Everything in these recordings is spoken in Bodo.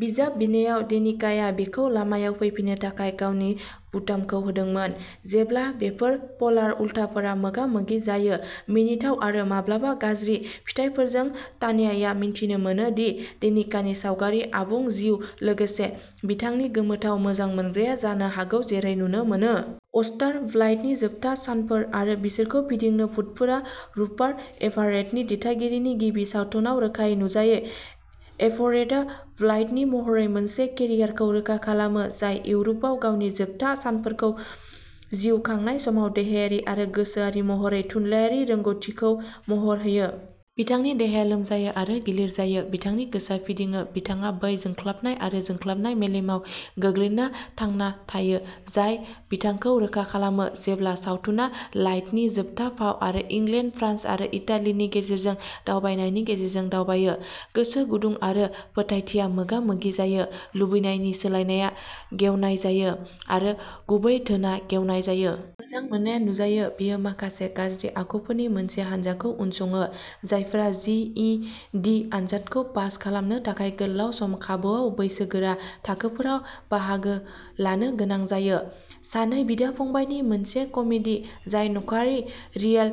बिजाब बिनानाव डेनिका आ बिखौ लामायाव फैफिननो थाखाय गावनि बुटामखौ होदोंमोन। जेब्ला बेफोर पलार उल्थाफोरा मोगा मोगि जायो मिनिथाव आरो माब्लाबा गाज्रि फिथायफोरजों तान्याआ मिथिनो मोनो दि डेनिकानि सावगारि आबुं जिउ लोगोसे बिथांनि गोमोथाव मोजां मोनग्राया जानो हागौ जेरै नुनो मोनो। अस्टार बाइल्डनि जोबथा सानफोर आरो बिसोरखौ फिदिङो भुतफोरा रुपार्ट एभारेटनि दिथागिरिनि गिबि सावथुनआव रोखायै नुजायो। एफरेटआ वाइल्डनि महरै मोनसे केरियारखौ रोखा खालामो, जाय इउर'पआव गावनि जोबथा सानफोरखौ जिउ खांनाय समाव देहायारि आरो गोसोआरि महरै थुनलायारि रोंग'थिखौ महर होयो। बिथांनि देहाया लोमजायो आरो गिलिर जायो, बिथांनि गोसोआ फिदिङो, बिथाङा बै जोंख्लाबनाय आरो जोंख्लाबनाय मेलेमाव गोग्लैना थांना थायो जाय बिथांखौ रोखा खालामो। जेब्ला सावथुना लाइल्डनि जोबथा फाव आरो इंलेन्ड, फ्रान्स आरो इटालिनि गेजेरजों दावबायनायनि गेजेरजों दावबायो, गोसो गुदुं आरो फोथायथिआ मोगा मोगि जायो, लुबैनायनि सोलायनाया गेवनाय जायो, आरो गुबै धोनआ गेवनाय जायो। मोजां मोननाया नुजायो। बेयो माखासे गाज्रि आखुफोरनि मोनसे हानजाखौ उनसङो, जायफोरा जि इ डि आनजादखौ पास खालामनो थाखाय गोलाव सम खाबुआव बैसोगोरा थाखोफोराव बाहागो लानो गोनां जायो। सानै बिदा-फंबायनि मोनसे कमेडि, जाय नखरारि रियेल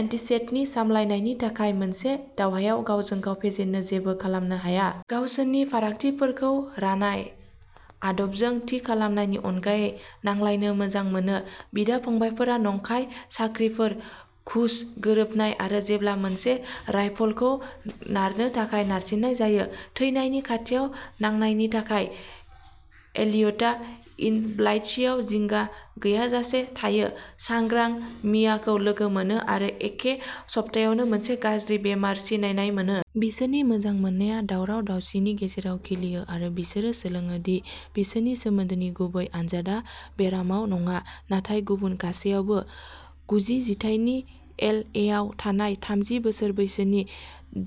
एनटिसेटनि सामलायनायनि थाखाय मोनसे दावहायाव गावजों गाव फेजेननो जेबो खालामनो हाया। गावसोरनि फारागथिफोरखौ रानाय आदबजों थि खालामनायनि अनगायै नांलायनो मोजां मोनो, बिदा-फंबायफोरा नंखाय साख्रिफोर, घुस, गोरोबनाय आरो, जेब्ला मोनसे राइफलखौ नारनो थाखाय नारसिन्नाय जायो, थैनायनि खाथियाव नांनायनि थाखाय। इलियटआ एनवाईसीआव जिंगा गैयालासे थायो, सांग्रां मियाखौ लोगो मोनो, आरो एखे सप्तायावनो मोनसे गाज्रि बेराम सिनायनाय मोनो। बिसोरनि मोजां मोननाया दावराव-दावसिनि गेजेराव खिलियो आरो बिसोरो सोलोङो दि बिसोरनि सोमोन्दोनि गुबै आनजादआ बेरामाव नङा, नाथाय गुबुन गासैयावबो। गुजि जिथाइनि एलएआव थानाय थामजि बोसोर बैसोनि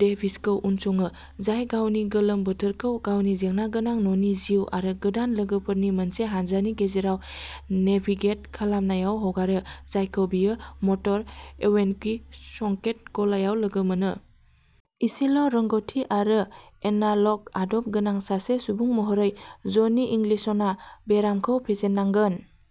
डेभिसखौ उनसङो, जाय गावनि गोलोम बोथोरखौ गावनि जेंनागोनां न'नि जिउ आरो गोदान लोगोफोरनि मोनसे हान्जानि गेजेराव नेभिगेट खालामनायाव हगारो, जायखौ बियो मटर एवेनकि संकेट गलायाव लोगो मोनो। एसेल' रोंग'थि आरो एनालग आदब गोनां सासे सुबुं महरै, जनि इंग्लिशआ बेरामखौ फेजेननांगोन।